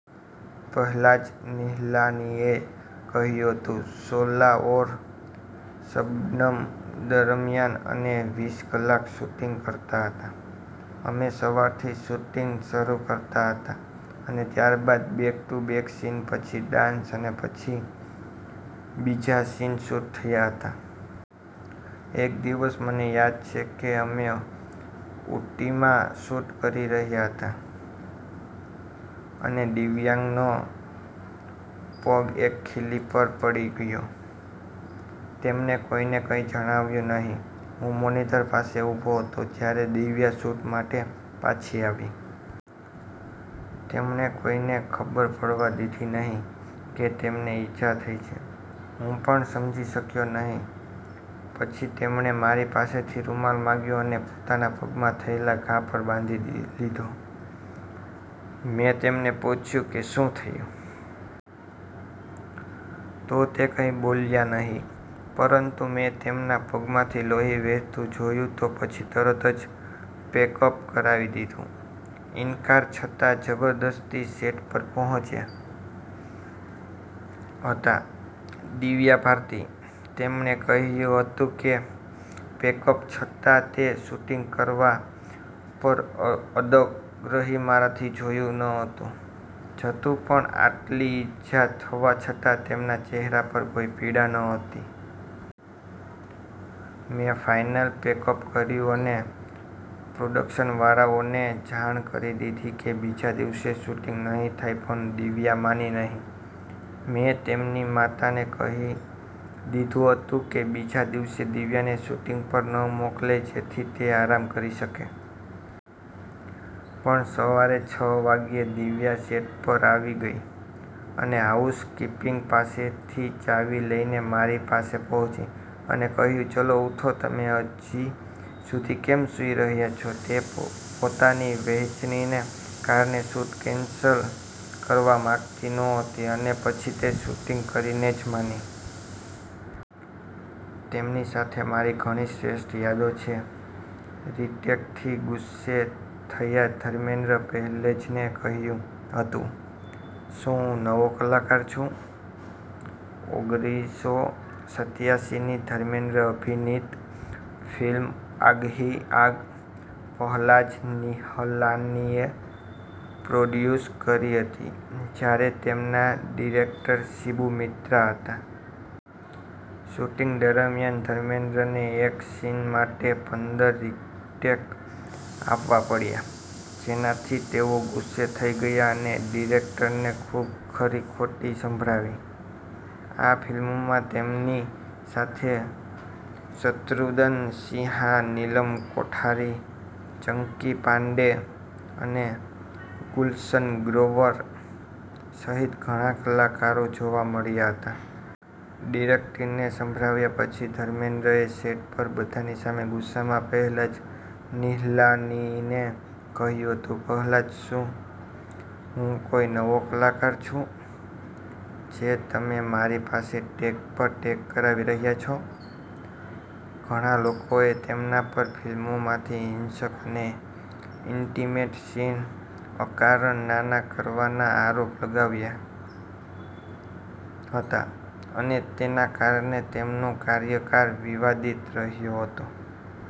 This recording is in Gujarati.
પહલાજ નિહલાનીએ કહ્યું હતું, " 'શોલા ઔર શબનમ' દરમિયાન અમે વીસ કલાક શૂટિંગ કરતા હતા. અમે સવારથી શૂટિંગ શરૂ કરતા હતા અને ત્યારબાદ બેક ટુ બેક સીન, પછી ડાન્સ અને પછી બીજા સીન શૂટ થતા હતા. એક દિવસ મને યાદ છે કે અમે ઊટીમાં શૂટ કરી રહ્યા હતા, અને દિવ્યાનો પગ એક ખીલી પર પડી ગયો. તેમણે કોઈને કંઈ જણાવ્યું નહીં. હું મોનિટર પાસે ઊભો હતો, જ્યારે દિવ્યા શૂટ માટે પાછી આવી. તેમણે કોઈને ખબર પડવા દીધી નહીં કે તેમને ઈજા થઈ છે. હું પણ સમજી શક્યો નહીં, પછી તેમણે મારી પાસેથી રૂમાલ માંગ્યો અને પોતાના પગમાં થયેલા ઘા પર બાંધી લીધો." મેં તેમને પૂછ્યું કે, શું થયું? તો તે કંઈ બોલ્યા નહીં, પરંતુ મેં તેમના પગમાંથી લોહી વહેતું જોયું તો પછી તરત જ પેકઅપ કરાવી દીધું." ઇનકાર છતાં જબરદસ્તી સેટ પર પહોંચ્યા હતા દિવ્યા ભારતી. તેમણે કહ્યું હતું કે, "પેકઅપ છતાં તે શૂટિંગ કરવા પર અડગ રહી, મારાથી જોયું નહોતું જતું પણ આટલી ઈજા થવા છતાં તેમના ચહેરા પર કોઈ પીડા નહોતી. મેં ફાઇનલ પેકઅપ કર્યું અને પ્રોડક્શનવાળાઓને જાણ કરી દીધી કે બીજા દિવસે શૂટિંગ નહીં થાય પણ દિવ્યા માની નહીં. મેં તેમની માતાને કહી દીધું હતું કે બીજા દિવસે દિવ્યાને શૂટિંગ પર ન મોકલે જેથી તે આરામ કરી શકે. પણ સવારે છ વાગ્યે, દિવ્યા સેટ પર આવી ગઈ, અને હાઉસ-કીપિંગ પાસેથી ચાવી લઈને મારી પાસે પહોંચી, અને કહ્યું, 'ચલો ઉઠો, તમે હજી સુધી કેમ સૂઈ રહ્યા છો?' તે પોતાની વહેંચણીને કારણે શૂટ કેન્સલ કરવા માંગતી નહોતી અને પછી તે શૂટિંગ કરીને જ માની. તેમની સાથે મારી ઘણી શ્રેષ્ઠ યાદો છે." રીટેકથી ગુસ્સે થયા ધર્મેન્દ્ર પહેલજને કહ્યું હતું, "શું હું નવો કલાકાર છું?" ઓગરીસો સત્યાસી ની ધર્મેન્દ્ર અભિનીત ફિલ્મ 'આગ હી આગ' પહલાજ નિહલાનીએ પ્રોડ્યુસ કરી હતી, જ્યારે તેમના ડિરેક્ટર શિબુ મિત્રા હતા. શૂટિંગ દરમિયાન ધર્મેન્દ્રને એક સીન માટે પંદર રીટેક આપવા પડ્યા, જેનાથી તેઓ ગુસ્સે થઈ ગયા અને ડિરેક્ટરને ખૂબ ખરી-ખોટી સંભળાવી. આ ફિલ્મમાં તેમની સાથે શત્રુઘ્ન સિંહા, નીલમ કોઠારી, ચંકી પાંડે અને ગુલશન ગ્રોવર સહિત ઘણા કલાકારો જોવા મળ્યા હતા. ડિરેક્ટરને સંભળાવ્યા પછી ધર્મેન્દ્રએ સેટ પર બધાની સામે ગુસ્સામાં પહલાજ નિહલાનીને કહ્યું હતું- "પહલાજ, શું હું કોઈ નવો કલાકાર છું? જે તમે મારી પાસે ટેક પર ટેક કરાવી રહ્યા છો." ઘણા લોકોએ તેમના પર ફિલ્મોમાંથી હિંસક અને ઇન્ટિમેટ સીન અકારણ નાના કરવાના આરોપો લગાવ્યા હતા અને તેના કારણે તેમનો કાર્યકાળ વિવાદિત રહ્યો હતો.